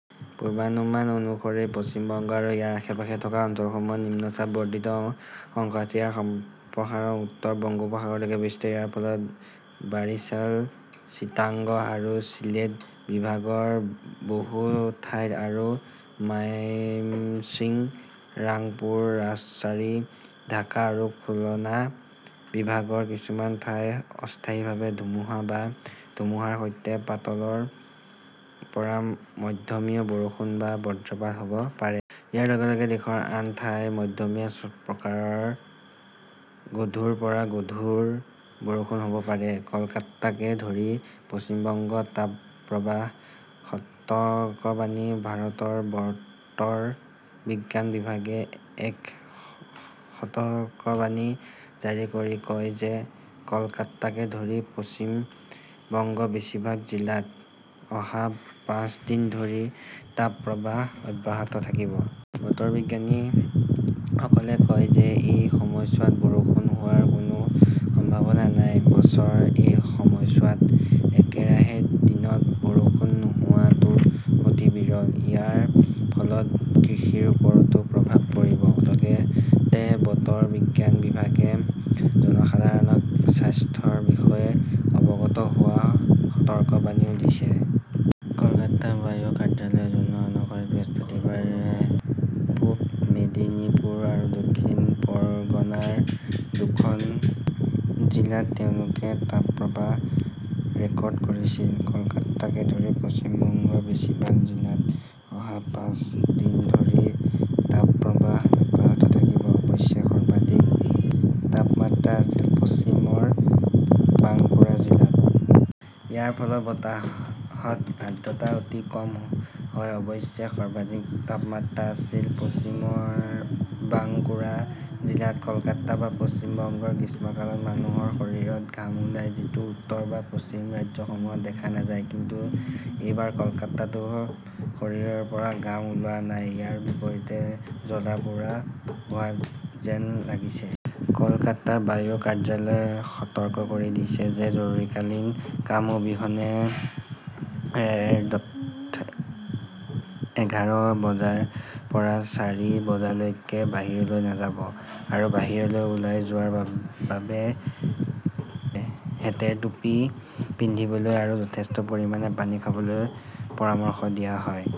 পূৰ্বানুমান অনুসৰি, পশ্চিম বংগ আৰু ইয়াৰ আশে-পাশে থকা অঞ্চলসমূহত নিম্নচাপৰ বৰ্ধিত অংশ আছে। ইয়াৰ সম্প্ৰসাৰণ উত্তৰ বংগোপসাগৰলৈকে বিস্তৃত। ইয়াৰ ফলত বাৰিছাল, চিটাগং আৰু চিলেট বিভাগৰ বহু ঠাইত আৰু মাইমশ্বিং, ৰাংপুৰ, ৰাজশ্বাহী, ঢাকা আৰু খুলনা বিভাগৰ কিছুমান ঠাইত অস্থায়ীভাৱে ধুমুহা বা ধুমুহাৰ সৈতে পাতলৰ পৰা মধ্যমীয়া বৰষুণ বা বজ্ৰপাত হ 'ব পাৰে। ইয়াৰ লগে লগে দেশৰ আন ঠাইত মধ্যমীয়া প্ৰকাৰৰ গধুৰ পৰা গধুৰ বৰষুণ হʼব পাৰে। কলকাতাকে ধৰি পশ্চিম বংগত তাপপ্ৰবাহৰ সতৰ্কবাণী ভাৰতৰ বতৰ বিজ্ঞান বিভাগে এক সতৰ্কবাণী জাৰি কৰি কয় যে কলকাতাকে ধৰি পশ্চিম বংগৰ বেছিভাগ জিলাত অহা পাঁচ দিন ধৰি তাপপ্ৰবাহ অব্যাহত থাকিব। বতৰ বিজ্ঞানীসকলে কয় যে এই সময়ছোৱাত বৰষুণ হোৱাৰ কোনো সম্ভাৱনা নাই। বছৰৰ এই সময়ছোৱাত একেৰাহে দিনত বৰষুণ নোহোৱাটো অতি বিৰল। ইয়াৰ ফলত কৃষিৰ ওপৰতো প্ৰভাৱ পৰিব, লগতে বতৰ বিজ্ঞান বিভাগে জনসাধাৰণক স্বাস্থ্যৰ বিষয়ে অৱগত হোৱাৰ সতৰ্কবাণীও দিছে। কলকাতাৰ বায়ু কাৰ্যালয়ে জনোৱা অনুসৰি বৃহস্পতিবাৰে পূৱ মেদিনীপুৰ আৰু দক্ষিণ পৰগনাৰ দুখন জিলাত তেওঁলোকে তাপপ্ৰবাহ ৰেকৰ্ড কৰিছিল। কলকাতাকে ধৰি পশ্চিম বংগৰ বেছিভাগ জিলাত অহা পাঁচ দিন ধৰি তাপপ্ৰবাহ অব্যাহত থাকিব। অৱশ্যে, সৰ্বাধিক তাপমাত্ৰা আছিল পশ্চিমৰ বাংকুৰা জিলাত। ইয়াৰ ফলত বতাহত আৰ্দ্ৰতা অতি কম হয়। "অৱশ্যে সৰ্বাধিক তাপমাত্ৰা আছিল পশ্চিমৰ বাংকুৰা জিলাত। কলকাতা বা পশ্চিম বংগৰ গ্ৰীষ্মকালত মানুহৰ শৰীৰত ঘাম ওলায়, যিটো উত্তৰ বা পশ্চিম ৰাজ্যসমূহত দেখা নাযায়। কিন্তু এইবাৰ কলকাতাতো শৰীৰৰ পৰা ঘাম ওলোৱা নাই, ইয়াৰ বিপৰীতে জ্বলা-পোৰা হোৱা যেন লাগিছে। কলকাতাৰ বায়ু কাৰ্যালয়ে সতৰ্ক কৰি দিছে যে জৰুৰীকালীন কাম অবিহনে ৰ 'দত এঘাৰ বজাৰ পৰা চাৰি বজালৈকে বাহিৰলৈ নাযাব। আৰু বাহিৰলৈ ওলাই যোৱাৰ বাবে হেটেৰ টুপী পিন্ধিবলৈ আৰু যথেষ্ট পৰিমাণে পানী খাবলৈ পৰামৰ্শ দিয়া হয়।